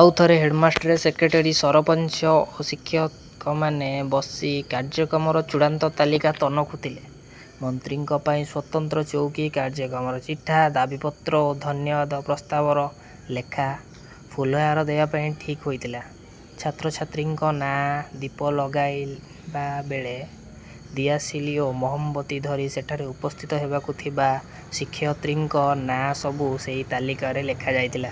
ଆଉ ଥରେ ହେଡ୍‌ମାଷ୍ଟ୍ରେ, ସେକ୍ରେଟାରୀ, ସରପଞ୍ଚ ଓ ଶିକ୍ଷକମାନେ ବସି କାର୍ଯ୍ୟକ୍ରମର ଚୂଡ଼ାନ୍ତ ତାଲିକା ତନଖୁଥିଲେ। ମନ୍ତ୍ରୀଙ୍କ ପାଇଁ ସ୍ୱତନ୍ତ୍ର ଚଉକୀ, କାର୍ଯ୍ୟକ୍ରମର ଚିଠା, ଦାବି ପତ୍ର ଓ ଧନ୍ୟବାଦ ପ୍ରସ୍ତାବର ଲେଖା, ଫୁଲହାର ଦେବା ପାଇଁ ଠିକ୍ ହୋଇଥିବା ଛାତ୍ରଛାତ୍ରୀଙ୍କ ନାଁ, ଦୀପ ଲଗାଇବା ବେଳେ ଦିଆଶିଲି ଓ ମହମବତି ଧରି ସେଠାରେ ଉପସ୍ଥିତ ହେବାକୁ ଥିବା ଶିକ୍ଷୟିତ୍ରୀଙ୍କ ନାଁ ସବୁ ସେଇ ତାଲିକାରେ ଲେଖାଯାଇଥିଲା।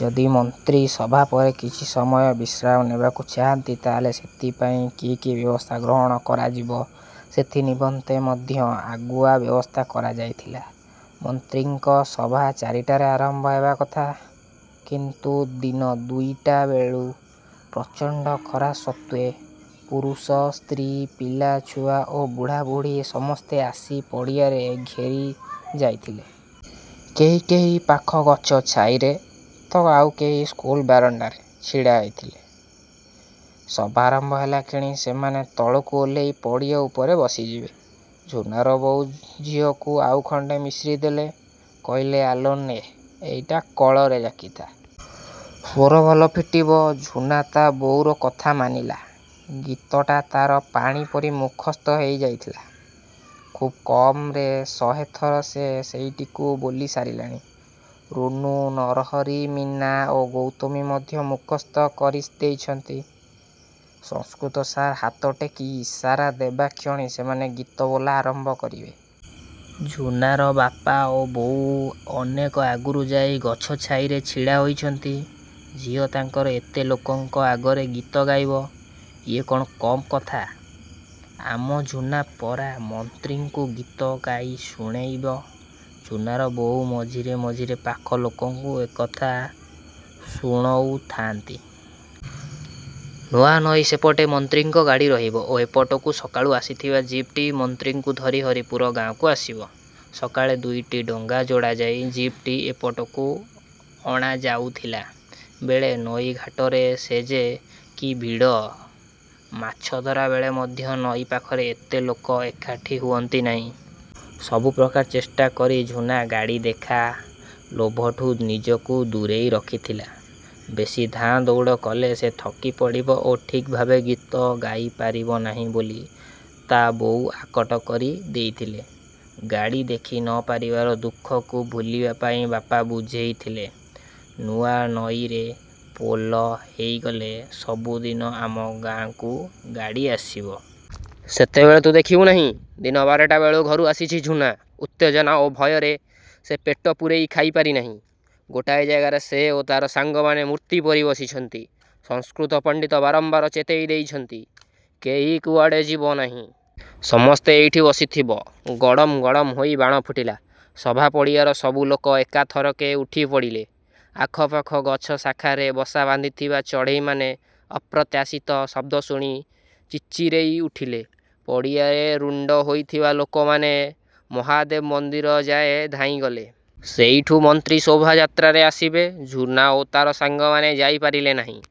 ଯଦି ମନ୍ତ୍ରୀ ସଭା ପରେ କିଛି ସମୟ ବିଶ୍ରାମ ନେବାକୁ ଚାହାନ୍ତି ତାହେଲେ ସେଥିପାଇଁ କି କି ବ୍ୟବସ୍ଥା ଗ୍ରହଣ କରାଯିବ ସେଥି ନିମନ୍ତେ ମଧ୍ୟ ଆଗୁଆ ବ୍ୟବସ୍ଥା କରାଯାଇଥିଲା। ମନ୍ତ୍ରୀଙ୍କ ସଭା ଚାରିଟାରେ ଆରମ୍ଭ ହେବା କଥା; କିନ୍ତୁ ଦିନ ଦୁଇଟା ବେଳୁ, ପ୍ରଚଣ୍ଡ ଖରା ସତ୍ତ୍ୱେ, ପୁରୁଷ, ସ୍ତ୍ରୀ, ପିଲା, ଛୁଆ ଓ ବୁଢ଼ା ବୁଢ଼ୀ ସମସ୍ତେ ଆସି ପଡ଼ିଆରେ ଘେରି ଯାଇଥିଲେ। କେହି କେହି ପାଖ ଗଛ ଛାଇରେ ତ ଆଉ କେହି ସ୍କୁଲ ବାରଣ୍ଡାରେ ଛିଡ଼ା ହେଇଥିଲେ, ସଭା ଆରମ୍ଭ ହେଲାକ୍ଷଣି ସେମାନେ ତଳକୁ ଓହ୍ଲେଇ ପଡ଼ିଆ ଉପରେ ବସିଯିବେ। ଝୁନାର ବୋଉ ଝିଅକୁ ଆଉ ଖଣ୍ଡେ ମିଶ୍ରି ଦେଲେ। କହିଲେ, "ଆଲୋ ନେ, ଏଇଟା କଳରେ ଜାକିଥା। ସ୍ୱର ଭଲ ଫିଟିବ।" ଝୁନା ତା ବୋଉର କଥା ମାନିଲା। ଗୀତଟା ତାର ପାଣି ପରି ମୁଖସ୍ଥ ହେଇ ଯାଇଥିଲା। ଖୁବ୍ କମରେ ଶହେଥର ସେ ସେଇଟିକୁ ବୋଲି ସାରିଲାଣି। ରୁନୁ, ନରହରି, ମୀନା ଓ ଗୌତମୀ ମଧ୍ୟ ମୁଖସ୍ଥ କରି ଦେଇଛନ୍ତି। ସଂସ୍କୃତ ସାର୍ ହାତଟେକି ଇସାରା ଦେବା କ୍ଷଣି ସେମାନେ ଗୀତ ବୋଲା ଆରମ୍ଭ କରିବେ। ଝୁନାର ବାପା ଓ ବୋଉ ଅନେକ ଆଗରୁ ଯାଇ ଗଛ ଛାଇରେ ଛିଡ଼ା ହୋଇଛନ୍ତି। ଝିଅ ତାଙ୍କର ଏତେ ଲୋକଙ୍କ ଆଗରେ ଗୀତ ଗାଇବ, ଇଏ କଣ କମ୍ କଥା। "ଆମ ଝୁନା ପରା ମନ୍ତ୍ରୀଙ୍କୁ ଗୀତ ଗାଇ ଶୁଣେଇବ।" ଝୁନାର ବୋଉ ମଝିରେ ମଝିରେ ପାଖ ଲୋକଙ୍କୁ ଏକଥା ଶୁଣଉଥାଆନ୍ତି। ନୂଆନଈ ସେପଟେ ମନ୍ତ୍ରୀଙ୍କ ଗାଡ଼ି ରହିବ ଓ ଏପଟକୁ ସକାଳୁ ଆସିଥିବା ଜିପ୍‌ଟି ମନ୍ତ୍ରୀଙ୍କୁ ଧରି ହରିପୁର ଗାଁକୁ ଆସିବ। ସକାଳେ ଦୁଇଟି ଡଙ୍ଗା ଯୋଡ଼ାଯାଇ ଜିପ୍‌ଟି ଏପଟକୁ ଅଣାଯାଉଥିଲା ବେଳେ ନଈଘାଟରେ ସେ ଯେ କି ଭିଡ଼! ମାଛଧରା ବେଳେ ମଧ୍ୟ ନଈ ପାଖରେ ଏତେ ଲୋକ ଏକାଠି ହୁଅନ୍ତି ନାହିଁ। ସବୁ ପ୍ରକାର ଚେଷ୍ଟା କରି ଝୁନା ଗାଡ଼ି ଦେଖା ଲୋଭଠୁ ନିଜକୁ ଦୂରେଇ ରଖିଥିଲା। ବେଶୀ ଧାଁ ଦଉଡ଼ କଲେ ସେ ଥକି ପଡ଼ିବ ଓ ଠିକ୍ ଭାବେ ଗୀତ ଗାଇ ପାରିବ ନାହିଁ ବୋଲି ତା ବୋଉ ଆକଟ କରି ଦେଇଥିଲେ। ଗାଡ଼ି ଦେଖି ନ ପାରିବାର ଦୁଃଖକୁ ଭୁଲିବା ପାଇଁ ବାପା ବୁଝେଇଥିଲେ, ନୂଆନଈରେ ପୋଲ ହେଇଗଲେ ସବୁଦିନ ଆମ ଗାଁକୁ ଗାଡ଼ି ଆସିବ। ସେତେବେଳେ ତୁ ଦେଖିବୁ ନାହିଁ! ଦିନ ବାରଟା ବେଳୁ ଘରୁ ଆସିଛି ଝୁନା। ଉତ୍ତେଜନା ଓ ଭୟରେ ସେ ପେଟ ପୂରେଇ ଖାଇପାରି ନାହିଁ। ଗୋଟାଏ ଜାଗାରେ ସେ ଓ ତାର ସାଙ୍ଗମାନେ ମୂର୍ତ୍ତି ପରି ବସିଛନ୍ତି। ସଂସ୍କୃତ ପଣ୍ଡିତ ବାରମ୍ବାର ଚେତେଇ ଦେଇଛନ୍ତି, କେହି କୁଆଡ଼େ ଯିବ ନାହିଁ। ସମସ୍ତେ ଏଇଠି ବସିଥିବ। ଗଡ଼ମ୍ ଗଡମ ହୋଇ ବାଣ ଫୁଟିଲା। ସଭା ପଡ଼ିଆର ସବୁ ଲୋକ ଏକାଥରକେ ଉଠି ପଡ଼ିଲେ। ଆଖପାଖ ଗଛ ଶାଖାରେ ବସା ବାନ୍ଧିଥିବା ଚଢ଼େଇମାନେ ଅପ୍ରତ୍ୟାଶିତ ଶବ୍ଦ ଶୁଣି ଚିର୍ଚିରେଇ ଉଠିଲେ। ପଡ଼ିଆରେ ରୁଣ୍ଡ ହୋଇଥିବା ଲୋକମାନେ ମହାଦେବ ମନ୍ଦିର ଯାଏ ଧାଇଁଗଲେ। ସେଇଠୁ ମନ୍ତ୍ରୀ ଶୋଭାଯାତ୍ରାରେ ଆସିବେ। ଝୁନା ଓ ତାର ସାଙ୍ଗମାନେ ଯାଇପାରିଲେ ନାହିଁ।